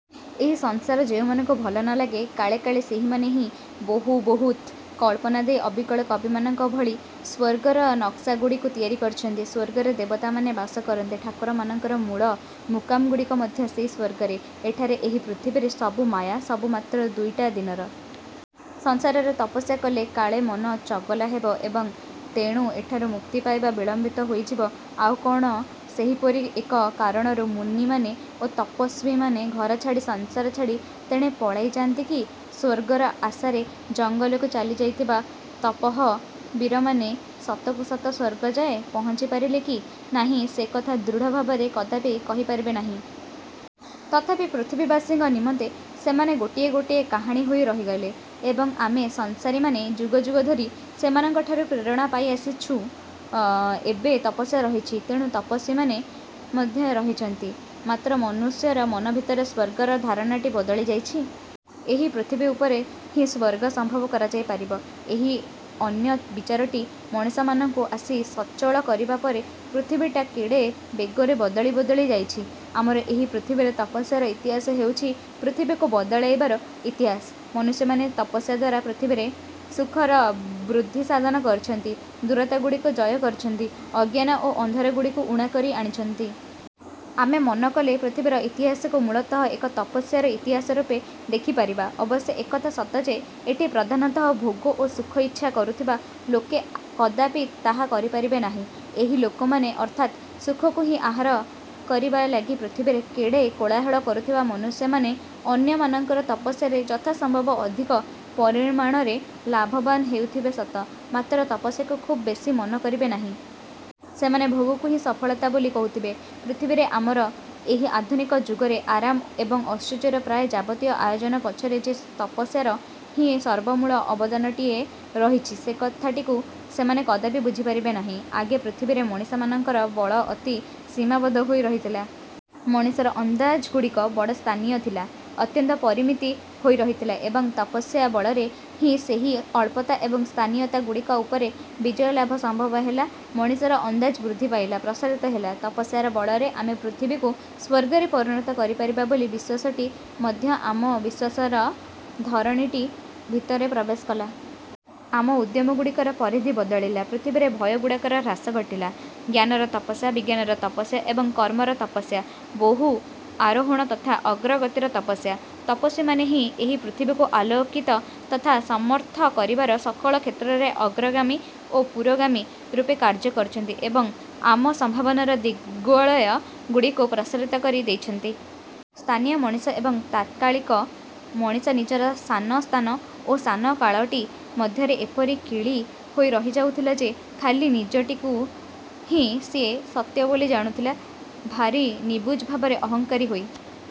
ଏହି ସଂସାର ଯେଉଁମାନଙ୍କୁ ଭଲ ନଲାଗେ କାଳେ କାଳେ ସେହିମାନେ ହିଁ ବହୁ ବୃହତ୍ କଳ୍ପନା ଦେଇ ଅବିକଳ କବିମାନଙ୍କ ଭଳି ସ୍ୱର୍ଗର ନକ୍ସାଗୁଡ଼ିକୁ ତିଆରି କରିଛନ୍ତି। ସ୍ୱର୍ଗରେ ଦେବତାମାନେ ବାସ କରନ୍ତି। ଠାକୁରମାନଙ୍କର ମୂଳ ମୁକାମଗୁଡ଼ିକ ମଧ୍ୟ ସେଇ ସ୍ଵର୍ଗରେ। ଏଠାରେ ଏହି ପୃଥିବୀରେ ସବୁ ମାୟା, ସବୁ ମାତ୍ର ଦୁଇଟା ଦିନର। ସଂସାରରେ ତପସ୍ୟା କଲେ କାଳେ ମନ ଚଗଲା ହେବ ଏବଂ ତେଣୁ ଏଠାରୁ ମୁକ୍ତି ପାଇବା ବିଳମ୍ବିତ ହୋଇଯିବ, ଆଉ କଣ ସେହିପରି ଏକ କାରଣରୁ ମୁନିମାନେ ଓ ତପସ୍ୱୀମାନେ ଘରଛାଡ଼ି ସଂସାର ଛାଡ଼ି ତେଣେ ପଳାଇ ଯାଆନ୍ତି କି? ସ୍ଵର୍ଗର ଆଶାରେ ଜଙ୍ଗଲକୁ ଚାଲି ଯାଇଥିବା ତପଃବୀରମାନେ ସତକୁ ସତ ସ୍ୱର୍ଗ ଯାଏ ପହଞ୍ଚିପାରିଲେ କି ନାହିଁ ସେ କଥା ଦୃଢ଼ ଭାବରେ କଦାପି କହିପାରିବେ ନାହିଁ। ତଥାପି ପୃଥିବୀବାସୀଙ୍କ ନିମନ୍ତେ ସେମାନେ ଗୋଟିଏ ଗୋଟିଏ କାହାଣୀ ହୋଇ ରହିଗଲେ। ଏବଂ ଆମେ ସଂସାରୀମାନେ ଯୁଗ ଯୁଗ ଧରି ସେମାନଙ୍କଠାରୁ ପ୍ରେରଣା ପାଇଆସୁଛୁ। ଏବେ ତପସ୍ୟା ରହିଛି, ତେଣୁ ତପସ୍ୱୀମାନେ ମଧ୍ୟ ରହିଛନ୍ତି। ମାତ୍ର ମନୁଷ୍ୟର ମନ ଭିତରେ ସ୍ଵର୍ଗର ଧାରଣାଟି ବଦଳି ଯାଇଛି। ଏହି ପୃଥିବୀ ଉପରେ ହିଁ ସ୍ଵର୍ଗ ସମ୍ଭବ କରାଯାଇପାରିବ। ଏହି ଅନ୍ୟ ବିଚାରଟି ମଣିଷମାନଙ୍କୁ ଆସି ସଚଳ କରିବା ପରେ ପୃଥିବୀଟା କେଡ଼େ ବେଗରେ ବଦଳି ବଦଳି ଯାଇଛି। ଆମର ଏହି ପୃଥିବୀରେ ତପସ୍ୟାର ଇତିହାସ ହେଉଛି ପୃଥିବୀକୁ ବଦଳାଇବାର ଇତିହାସ। ମନୁଷ୍ୟମାନେ ତପସ୍ୟା ଦ୍ୱାରା ପୃଥିବୀରେ ସୁଖର ବୃଦ୍ଧିସାଧନ କରିଛନ୍ତି, ଦୂରତାଗୁଡ଼ିକୁ ଜୟ କରିଛନ୍ତି, ଅଜ୍ଞାନ ଓ ଅନ୍ଧାରଗୁଡ଼ିକୁ ଉଣା କରି ଆଣିଛନ୍ତି। ଆମେ ମନ କଲେ ପୃଥିବୀର ଇତିହାସକୁ ମୂଳତଃ ଏକ ତପସ୍ୟାର ଇତିହାସ ରୂପେ ଦେଖିପାରିବା। ଅବଶ୍ୟ ଏକଥା ସତ ଯେ ଏଠି ପ୍ରଧାନତଃ ଭୋଗ ଓ ସୁଖ ଇଚ୍ଛା କରୁଥିବା ଲୋକେ କଦାପି ତାହା କରିପାରିବେ ନାହିଁ। ଏହି ଲୋକମାନେ ଅର୍ଥାତ୍ ସୁଖକୁ ହିଁ ଆହାର କରିବା ଲାଗି ପୃଥିବୀରେ କେଡ଼େ କୋଳାହଳ କରୁଥିବା ମନୁଷ୍ୟମାନେ ଅନ୍ୟମାନଙ୍କର ତପସ୍ୟାରେ ଯଥାସମ୍ଭବ ଅଧିକ ପରିମାଣରେ ଲାଭବାନ ହେଉଥିବେ ସତ, ମାତ୍ର ତପସ୍ୟାକୁ ଖୁବ୍ ବେଶୀ ମନ କରିବେ ନାହିଁ। ସେମାନେ ଭୋଗକୁ ହିଁ ସଫଳତା ବୋଲି କହୁଥିବେ। ପୃଥିବୀରେ ଆମର ଏହି ଆଧୁନିକ ଯୁଗରେ ଆରାମ ଏବଂ ଐଶ୍ୱର୍ଯ୍ୟର ପ୍ରାୟ ଯାବତୀୟ ଆୟୋଜନ ପଛରେ ଯେ ତପସ୍ୟାର ହିଁ ସର୍ବମୂଳ ଅବଦାନଟିଏ ରହିଛି, ସେ କଥାଟିକୁ ସେମାନେ କଦାପି ବୁଝିପାରିବେ ନାହିଁ। ଆଗେ ପୃଥିବୀରେ ମଣିଷମାନଙ୍କର ବଳ ଅତି ସୀମାବଦ୍ଧ ହୋଇ ରହିଥିଲା। ମଣିଷର ଅନ୍ଦାଜଗୁଡ଼ିକ ବଡ଼ ସ୍ଥାନୀୟ ଥିଲା, ଅତ୍ୟନ୍ତ ପରିମିତ ହୋଇ ରହିଥିଲା। ଏବଂ ତପସ୍ୟା ବଳରେ ହିଁ ସେହି ଅଳ୍ପତା ଏବଂ ସ୍ଥାନୀୟତାଗୁଡ଼ିକ ଉପରେ ବିଜୟଲାଭ ସମ୍ଭବ ହେଲା, ମଣିଷର ଅନ୍ଦାଜ ବୃଦ୍ଧି ପାଇଲା, ପ୍ରସାରିତ ହେଲା। ତପସ୍ୟାର ବଳରେ ଆମେ ପୃଥିବୀକୁ ସ୍ୱର୍ଗରେ ପରିଣତ କରିପାରିବା ବୋଲି ବିଶ୍ୱାସଟି ମଧ୍ୟ ଆମ ବିଶ୍ୱାସର ଧରଣୀଟି ଭିତରେ ପ୍ରବେଶ କଲା। ଆମ ଉଦ୍ୟମଗୁଡ଼ିକର ପରିଧି ବଦଳିଲା, ପୃଥିବୀରେ ଭୟଗୁଡ଼ାକର ହ୍ରାସ ଘଟିଲା। ଜ୍ଞାନର ତପସ୍ୟା, ବିଜ୍ଞାନର ତପସ୍ୟ ଏବଂ କର୍ମର ତପସ୍ୟା, ବହୁ ଆରୋହଣ ତଥା ଅଗ୍ରଗତିର ତପସ୍ୟା। ତପସ୍ୱୀମାନେ ହିଁ ଏହି ପୃଥିବୀକୁ ଆଲୋକିତ ତଥା ସମର୍ଥ କରିବାର ସକଳ କ୍ଷେତ୍ରରେ ଅଗ୍ରଗାମୀ ଓ ପୁରୋଗାମୀ ରୂପେ କାର୍ଯ୍ୟ କରିଛନ୍ତି ଏବଂ ଆମ ସମ୍ଭାବନାର ଦିଗ୍ବଳୟଗୁଡ଼ିକୁ ପ୍ରସାରିତ କରି ଦେଇଛନ୍ତି। ସ୍ଥାନୀୟ ମଣିଷ ଏବଂ ତାତ୍କାଳିକ ମଣିଷ ନିଜର ସାନ ସ୍ଥାନ ଓ ସାନ କାଳଟି ମଧ୍ୟରେ ଏପରି କିଳି ହୋଇ ରହି ଯାଉଥିଲା ଯେ ଖାଲି ନିଜଟିକୁ ହିଁ ସିଏ ସତ୍ୟ ବୋଲି ଜାଣୁଥିଲା ଭାରି ନିବୁଜ ଭାବରେ ଅହଂକାରୀ ହୋଇ